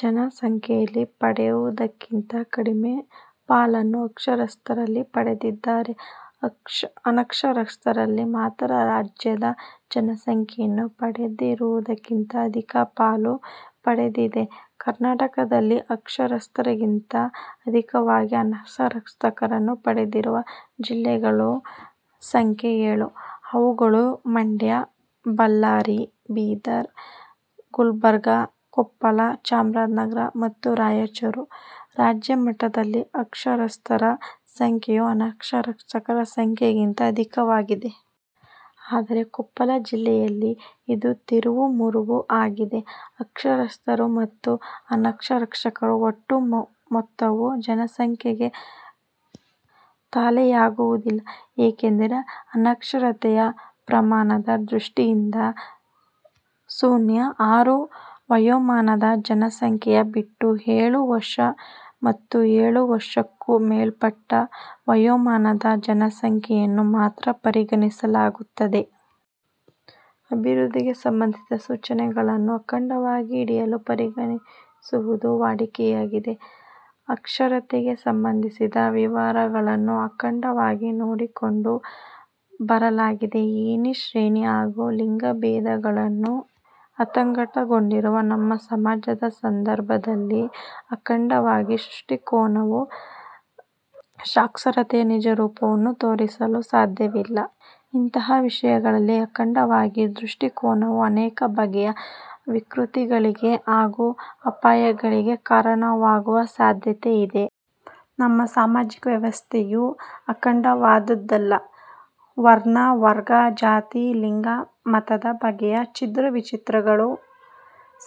ಜನ ಸಂಖ್ಯೆಯಲ್ಲಿ ಪಡೆದಿರುವುದಕ್ಕಿಂತ ಕಡಿಮೆ ಪಾಲನ್ನು ಅಕ್ಷರಸ್ಥರಲ್ಲಿ ಪಡೆದಿದ್ದರೆ ಅನಕ್ಷರಸ್ಥರಲ್ಲಿ ಮಾತ್ರ ರಾಜ್ಯದ ಜನಸಂಖ್ಯೆಯನ್ನು ಪಡೆದಿರುವುದಕ್ಕಿಂತ ಅಧಿಕ ಪಾಲು ಪಡೆದಿದೆ. ಕರ್ನಾಟಕದಲ್ಲಿ ಅಕ್ಷರಸ್ಥರಿಗಿಂತ ಅಧಿಕವಾಗಿ ಅನಕ್ಷರಸ್ಥರನ್ನು ಪಡೆದಿರುವ ಜಿಲ್ಲೆಗಳ ಸಂಖ್ಯೆ ಏಳು. ಅವುಗಳು ಮಂಡ್ಯ, ಬಳ್ಳಾರಿ, ಬೀದರ, ಗುಲಬರ್ಗ, ಕೊಪ್ಪಳ, ಚಾಮರಾಜನಗರ ಮತ್ತು ರಾಯಚೂರು. ರಾಜ್ಯಮಟ್ಟದಲ್ಲಿ ಅಕ್ಷರಸ್ಥರ ಸಂಖ್ಯೆಯು ಅನಕ್ಷರಸ್ಥರ ಸಂಖ್ಯೆಗಿಂತ ಅಧಿಕವಾಗಿದೆ. ಆದರೆ ಕೊಪ್ಪಳ ಜಿಲ್ಲೆಯಲ್ಲಿ ಇದು ತಿರುವು ಮುರುವು ಆಗಿದೆ. ಅಕ್ಷರಸ್ಥರು ಮತ್ತು ಅನಕ್ಷರಸ್ಥರುಗಳ ಒಟ್ಟು ಮೊತ್ತವು ಜನಸಂಖ್ಯೆಗೆ ತಾಳೆಯಾಗುವುದಿಲ್ಲ. ಏಕೆಂದರೆ ಸಾಕ್ಷರತೆಯ ಮಾಪನದ ದೃಷ್ಟಿಯಿಂದ ಸೊನ್ನೆ – ಆರು ವಯೋಮಾನದ ಜನಸಂಖ್ಯೆಯ ಬಿಟ್ಟು ಎಳು ವರ್ಷ ಮತ್ತುಎಳು ವರ್ಷಕ್ಕೂ ಮೇಲ್ಪಟ್ಟ ವಯೋಮಾನದ ಜನಸಂಖ್ಯೆಯನ್ನು ಮಾತ್ರ ಪರಿಗಣಿಸಲಾಗುತ್ತದೆ. ಅಭಿವೃದ್ಧಿಗೆ ಸಂಬಂಧಿಸಿದ ಸೂಚಿಗಳನ್ನು ಅಖಂಡವಾಗಿ ಇಡಿಯಾಗಿ ಪರಿಭಾವಿಸುವುದು ವಾಡಿಕೆಯಲ್ಲಿದೆ. ಸಾಕ್ಷರತೆಗೆ ಸಂಬಂಧಿಸಿದ ವಿವರಗಳನ್ನು 'ಅಖಂಡ'ವಾಗಿ ನೋಡಿಕೊಂಡು ಬರಲಾಗಿದೆ. ಏಣಿ ಶ್ರೇಣಿ ಹಾಗೂ ಲಿಂಗಭೇದಗಳು ಅಂತರ್ಗತಗೊಂಡಿರುವ ನಮ್ಮ ಸಮಾಜದ ಸಂದರ್ಭದಲ್ಲಿ ಅಖಂಡವಾದಿ ದೃಷ್ಟಿಕೋನವು ಸಾಕ್ಷರತೆಯ ನಿಜರೂಪವನ್ನು ತೋರಿಸಲು ಸಾಧ್ಯವಿಲ್ಲ. ಇಂತಹ ವಿಷಯಗಳಲ್ಲಿ ಅಖಂಡವಾದಿ ದೃಷ್ಟಿಕೋನವು ಅನೇಕ ಬಗೆಯ ವಿಕೃತಿಗಳಿಗೆ ಹಾಗೂ ಅಪಾಯಗಳಿಗೆ ಕಾರಣವಾಗುವ ಸಾಧ್ಯತೆ ಇದೆ. ನಮ್ಮ ಸಾಮಾಜಿಕ ವ್ಯವಸ್ಥೆಯೇ ಅಖಂಡವಾದುದಲ್ಲ. ವರ್ಣ, ವರ್ಗ, ಜಾತಿ – ಲಿಂಗ ಮುಂತಾದ ಬಗೆಯ ಛಿದ್ರ ವಿಚ್ಛಿದ್ರತೆಗಳು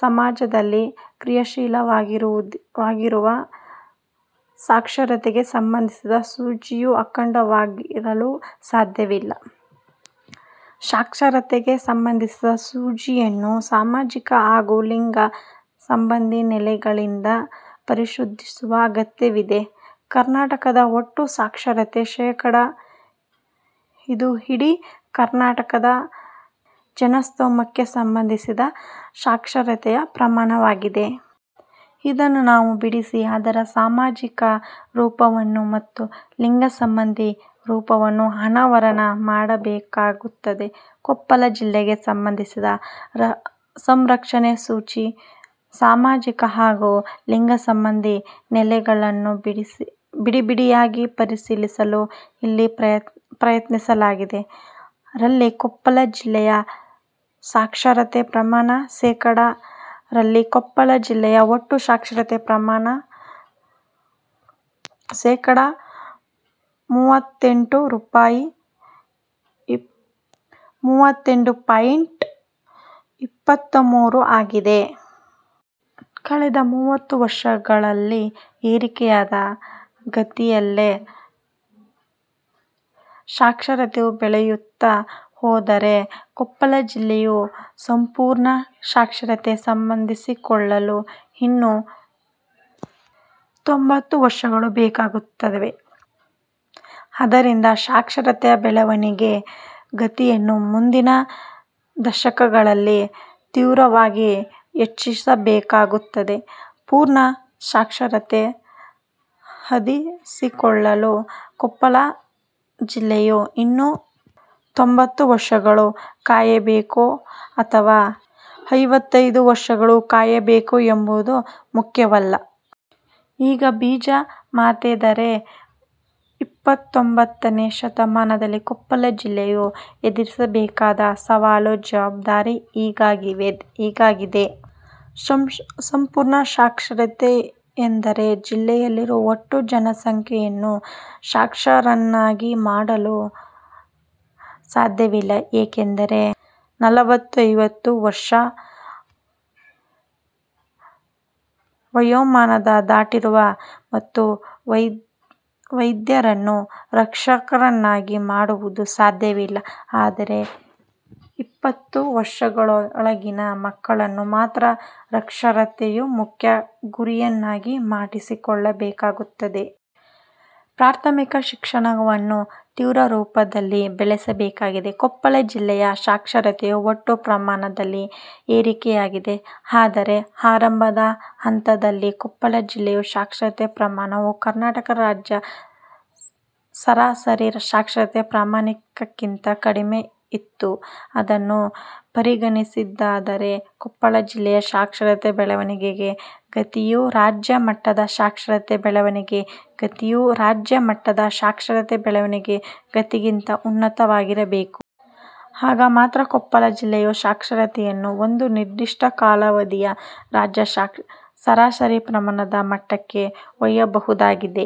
ಸಮಾಜದಲ್ಲಿ ಕ್ರಿಯಾಶೀಲವಾಗಿರುವ ಸಾಕ್ಷರತೆಗೆ ಸಂಬಂಧಿಸಿದ ಸೂಚಿಯು ಅಖಂಡವಾಗಿರಲು ಸಾಧ್ಯವಿಲ್ಲ. ಸಾಕ್ಷರತೆಗೆ ಸಂಬಂಧಿಸಿದ ಸೂಚಿಯನ್ನು ಸಾಮಾಜಿಕ ಹಾಗೂ ಲಿಂಗ ಸಂಬಂಧಿ ನೆಲೆಗಳಿಂದ ಪರಿಶೋಧಿಸುವ ಅಗತ್ಯವಿದೆ. ಕರ್ನಾಟಕದ ಒಟ್ಟು ಸಾಕ್ಷರತೆ ಶೇಕಡಾ ಇದು ಇಡೀ ಕರ್ನಾಟಕದ ಜನಸ್ತೋಮಕ್ಕೆ ಸಂಬಂಧಿಸಿದ ಸಾಕ್ಷರತೆಯ ಪ್ರಮಾಣವಾಗಿದೆ. ಇದನ್ನು ನಾವು ಬಿಡಿಸಿ ಅದರ ಸಾಮಾಜಿಕ ಸ್ವರೂಪವನ್ನು ಮತ್ತು ಲಿಂಗಸಂಬಂಧಿ ಸ್ವರೂಪವನ್ನು ಅನಾವರಣ ಮಾಡಬೇಕಾಗುತ್ತದೆ. ಕೊಪ್ಪಳ ಜಿಲ್ಲೆಗೆ ಸಂಬಂಧಿಸಿದ ಸಾಕ್ಷರತೆ ಸೂಚಿಯ ಸಾಮಾಜಿಕ ಹಾಗೂ ಲಿಂಗಸಂಬಂಧಿ ನೆಲೆಗಳನ್ನು ಬಿಡಿಬಿಡಿಯಾಗಿ ಪರಿಶೀಲಿಸಲು ಇಲ್ಲಿ ಪ್ರಯತ್ನಿಸಲಾಗಿದೆ. ರಲ್ಲಿ ಕೊಪ್ಪಳ ಜಿಲ್ಲೆಯ ಸಾಕ್ಷರತೆ ಪ್ರಮಾಣ ಶೇಕಡಾ ರಲ್ಲಿ ಕೊಪ್ಪಳ ಜಿಲ್ಲೆಯ ಒಟ್ಟು ಸಾಕ್ಷರತೆ ಪ್ರಮಾಣ ಶೇಕಡಾ ಮೂವತ್ತೆಂಟು ಪಾಯಿಂಟ್ ಇಪ್ಪತ್ತ ಮೂರು ಆಗಿದೆ. ಕಳೆದ ಮೂವತ್ತು ವರ್ಷಗಳಲ್ಲಿ ಏರಿಕೆಯಾದ ಗತಿಯಲ್ಲೇ ಸಾಕ್ಷರತೆಯು ಬೆಳೆಯುತ್ತಾ ಹೋದರೆ ಕೊಪ್ಪಳ ಜಿಲ್ಲೆಯು ಸಂಪೂರ್ಣ ಸಾಕ್ಷರತೆ ಸಾಧಿಸಿಕೊಳ್ಳಲು ಇನ್ನು ತೊಂಭತ್ತು ವರ್ಷಗಳು ಬೇಕಾಗುತ್ತವೆ. ಆದ್ದರಿಂದ ಸಾಕ್ಷರತೆಯ ಬೆಳವಣಿಗೆ ಗತಿಯನ್ನು ಮುಂದಿನ ದಶಕಗಳಲ್ಲಿ ತೀವ್ರವಾಗಿ ಹೆಚ್ಚಿಸಬೇಕಾಗುತ್ತದೆ. ಸಂಪೂರ್ಣ ಸಾಕ್ಷರತೆ ಸಾಧಿಸಿಕೊಳ್ಳಲು ಕೊಪ್ಪಳ ಜಿಲ್ಲೆಯು ಇನ್ನು ತೊಂಭತ್ತು ವರ್ಷಗಳು ಕಾಯಬೇಕೊ ಅಥವಾ ಐವತ್ತೈದು ವರ್ಷಗಳು ಕಾಯಬೇಕೊ ಎಂಬುದು ಮುಖ್ಯವಲ್ಲ. ಈಗ ಬೀಜ ಮಾತೆಂದರೆ ಇಪ್ಪತ್ತೊಂದನೆಯ ಶತಮಾನದಲ್ಲಿ ಕೊಪ್ಪಳ ಜಿಲ್ಲೆಯು ಎದುರಿಸಬೇಕಾದ ಸವಾಲು ಜವಾಬ್ದಾರಿ ಇದಾಗಿದೆ. ಸಂಪೂರ್ಣ ಸಾಕ್ಷರತೆಯೆಂದರೆ ಜಿಲ್ಲೆಯಲ್ಲಿರುವ ಒಟ್ಟು ಜನಸಂಖ್ಯೆಯನ್ನು ಸಾಕ್ಷರರನ್ನಾಗಿ ಮಾಡಲು ಸಾಧ್ಯವಿಲ್ಲ. ಏಕೆಂದರೆ ನಲವತ್ತು – ಐವತ್ತು ವರ್ಷ ವಯೋಮಾನ ದಾಟಿರುವ ಮತ್ತು ವೃದ್ಧರನ್ನು ಸಾಕ್ಷರರನ್ನಾಗಿ ಮಾಡುವುದು ಸಾಧ್ಯವಿಲ್ಲ. ಆದರೆ ಇಪ್ಪತ್ತು ವರ್ಷಗಳೊಳಗಿನ ಮಕ್ಕಳನ್ನು ಮಾತ್ರ ಸಾಕ್ಷರತೆಯು ಮುಖ್ಯ ಗುರಿಯನ್ನಾಗಿ ಮಾಡಿಕೊಳ್ಳಬೇಕಾಗುತ್ತದೆ. ಪ್ರಾಥಮಿಕ ಶಿಕ್ಷಣವನ್ನು ತೀವ್ರ ಸ್ವರೂಪದಲ್ಲಿ ಬೆಳೆಸಬೇಕಾಗಿದೆ. ಕೊಪ್ಪಳ ಜಿಲ್ಲೆಯ ಸಾಕ್ಷರತೆಯೂ ಅಷ್ಟೆ ಪ್ರಮಾಣದಲ್ಲಿ ಏರಿಕೆಯಾಗಿದೆ. ಆದರೆ ಆರಂಭದ ಹಂತದಲ್ಲಿ ಕೊಪ್ಪಳ ಜಿಲ್ಲೆಯ ಸಾಕ್ಷರತೆ ಪ್ರಮಾಣವು ಕರ್ನಾಟಕ ರಾಜ್ಯ ಸರಾಸರಿ ಸಾಕ್ಷರತೆ ಪ್ರಮಾಣಕ್ಕಿಂತ ಕಡಿಮೆ ಇತ್ತು. ಇದನ್ನು ಪರಿಗಣಿಸಿದ್ದಾದರೆ ಕೊಪ್ಪಳ ಜಿಲ್ಲೆಯ ಸಾಕ್ಷರತೆ ಬೆಳವಣಿಗೆ ಗತಿಯು ರಾಜ್ಯ ಮಟ್ಟದ ಸಾಕ್ಷರತೆ ಬೆಳವಣಿಗೆ ಗತಿಯು ರಾಜ್ಯ ಮಟ್ಟದ ಸಾಕ್ಷರತೆ ಬೆಳವಣಿಗೆ ಗತಿಗಿಂತ ಉನ್ನತವಾಗಬೇಕು. ಆಗ ಮಾತ್ರ ಕೊಪ್ಪಳ ಜಿಲ್ಲೆಯ ಸಾಕ್ಷರತೆಯನ್ನು ಒಂದು ನಿರ್ದಿಷ್ಟ ಕಾಲಾವಧಿಯಲ್ಲಿ ರಾಜ್ಯ ಸರಾಸರಿ ಪ್ರಮಾಣದ ಮಟ್ಟಕ್ಕೆ ಒಯ್ಯಬಹುದಾಗಿದೆ.